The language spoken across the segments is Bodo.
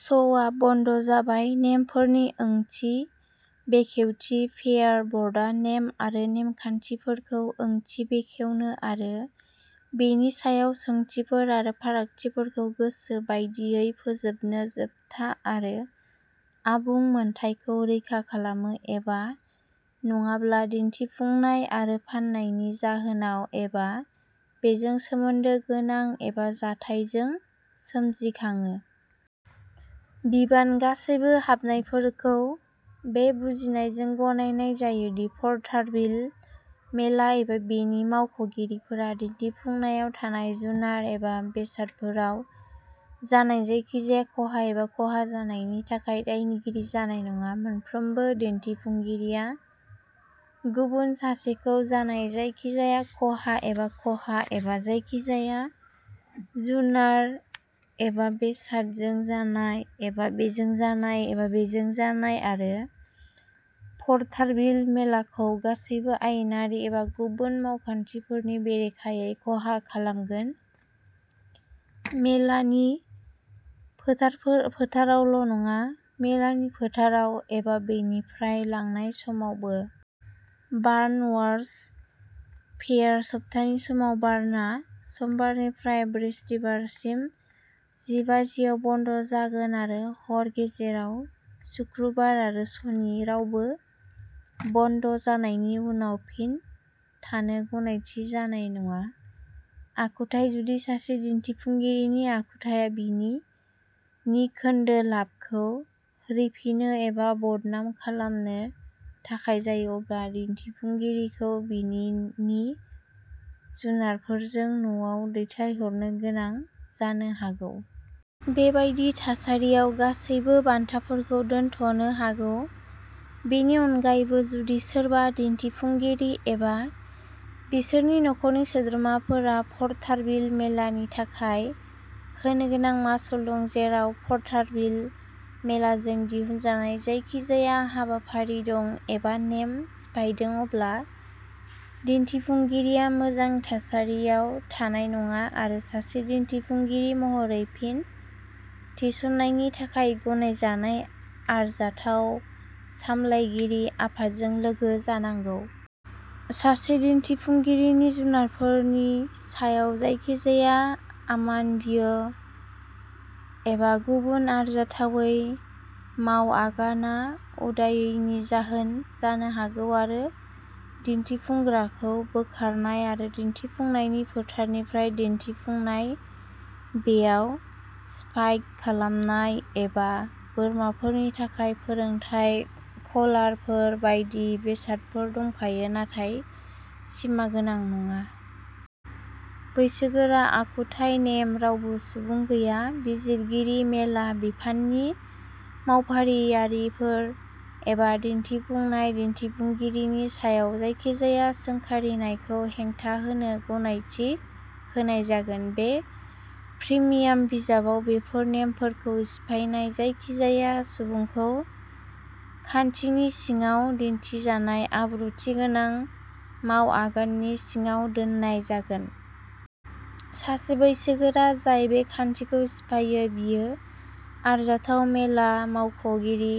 श'आ बन्द जाबाय। नेमफोरनि ओंथि बेखेवथि फेयार बर्डआ नेम आरो नेमखान्थिफोरखौ ओंथि बेखेवनो आरो बेनि सायाव सोंथिफोर आरो फारागथिफोरखौ गोसो बायदियै फोजोबनो जोबथा आरो आबुं मोन्थाइखौ रैखा खालामो, एबा नङाब्ला दिन्थिफुंनाय आरो फान्नायनि जाहोनाव, एबा बेजों सोमोन्दो गोनां, एबा जाथायजों सोमजिखाङो। बिबानः गासैबो हाबनायफोरखौ बे बुजिनायजों गनायनाय जायो दि पर्टारभिल मेला एबा बेनि मावख'गिरिफोरा, दिन्थिफुंनायाव थानाय जुनार एबा बेसादफोराव जानाय जायखिजाया खहा एबा खहा जानायनि थाखाय दायनिगिरि जानाय नङा। मोनफ्रोमबो दिन्थिफुंगिरिया गुबुन सासेखौ जानाय जायखिजाया खहा एबा खहा, एबा जायखिजाया जुनार एबा बेसादजों जानाय, एबा बेजों जानाय, एबा बेजों जानाय, आरो पर्टारभिल मेलाखौ गासैबो आयेनारि एबा गुबुन मावखान्थिफोरनि बेरेखायै खहा खालामगोन, मेलानि फोथारावल'नङा, मेलानि फोथाराव एबा बेनिफ्राय लांनाय समावबो। बार्न अवार्सः फेयार सप्ताहनि समाव बार्नआ समबारनिफ्राय बृहस्पतिबारसिम जि बाजिआव बन्द जागोन आरो हर गेजेराव शुक्रबार। आरो सनि। रावबो बन्द'जानायनि उनाव फिन थानो गनायथि जानाय नङा आखुथाइः जुदि सासे दिन्थिफुंगिरिनि आखुथाया बिनि नि खोन्दो लाबखौ रिफिनो एबा बदनाम खालामनो थाखाय जायो, अब्ला दिन्थिफुंगिरिखौ बिनि नि जुनारफोरजों न'आव दैथायहरनो गोनां जानो हागौ। बेबादि थासारियाव, गासैबो बान्थाफोरखौ दोनथ'नो हागौ। बेनि अनगायैबो, जुदि सोरबा दिन्थिफुंगिरि एबा बिसोरनि नखरनि सोद्रोमाफोरा पर्टारभिल मेलानि थाखाय होनोगोनां मासुल दं, जेराव पर्टारभिल मेलाजों दिहुनजानाय जायखिजाया हाबाफारि दं एबा नेम सिफायदों, अब्ला दिन्थिफुंगिरिया मोजां थासारियाव थानाय नङा आरो सासे दिन्थिफुंगिरि महरै फिन थिसननायनि थाखाय गनायजानाय आरजाथाव सामलायगिरि आफादजों लोगो जानांगौ। सासे दिन्थिफुंगिरिनि जुनारफोरनि सायाव जायखिजाया अमानवीय एबा गुबुन आरजाथावै मावआगानआ उदायैनि जाहोन जानो हागौ, आरो दिन्थिफुंग्राखौ बोखारनाय आरो दिन्थिफुंनायनि फोथारनिफ्राय दिन्थिफुंनाय। बेयाव स्पाइक खालामनाय एबा बोरमाफोरनि थाखाय फोरोंथाय कलारफोर बायदि बेसादफोर दंफायो नाथाय सिमागोनां नङा। बैसोगोरा आखुथाय नेमः रावबो सुबुं गैया। बिजिरगिरि, मेला, बिफाननि मावफारियाफोर एबा दिन्थिफुंनाय दिन्थिफुंगिरिनि सायाव जायखिजाया सोंखारिनायखौ हेंथा होनो गनायथि होनाय जागोन। बे प्रिमियाम बिजाबाव बेफोर नेमफोरखौ सिफायनाय जायखिजाया सुबुंखौ खान्थिनि सिङाव दिनथिजानाय आब्रुथि गोनां मावआगाननि सिङाव दोननाय जागोन। सासे बैसोगोरा जाय बे खान्थिखौ सिफायो, बियो आरजाथाव मेला मावख'गिरि,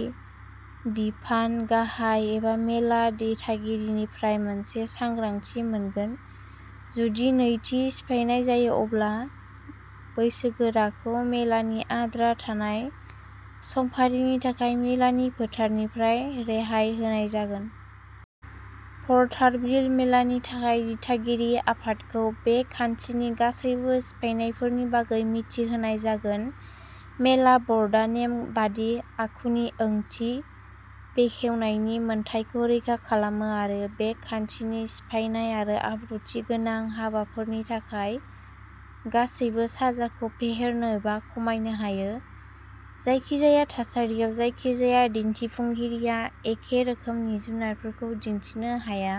बिफान गाहाय एबा मेला दिथागिरिनिफ्राय मोनसे सांग्रांथि मोनगोन। जुदि नैथि सिफायनाय जायो, अब्ला बैसोगोराखौ मेलानि आद्रा थानाय समफारिनि थाखाय मेलानि फोथारनिफ्राय रेहाय होनाय जागोन। पर्टारभिल मेलानि थाखाय दिथागिरि आफादखौ बे खान्थिनि गासैबो सिफायनायफोरनि बागै मिथि होनाय जागोन। मेला बर्डआ नेमबादि आखुनि ओंथि बेखेवनायनि मोन्थाइखौ रैखा खालामो आरो बे खान्थिनि सिफायनाय आरो आब्रुथि गोनां हाबाफोरनि थाखाय गासैबो साजाखौ फेहेरनो एबा खमायनो हायो। जायखिजाया थासारियाव जायखिजाया दिन्थिफुंगिरिया एखे रोखोमनि जुनारफोरखौ दिन्थिनो हाया।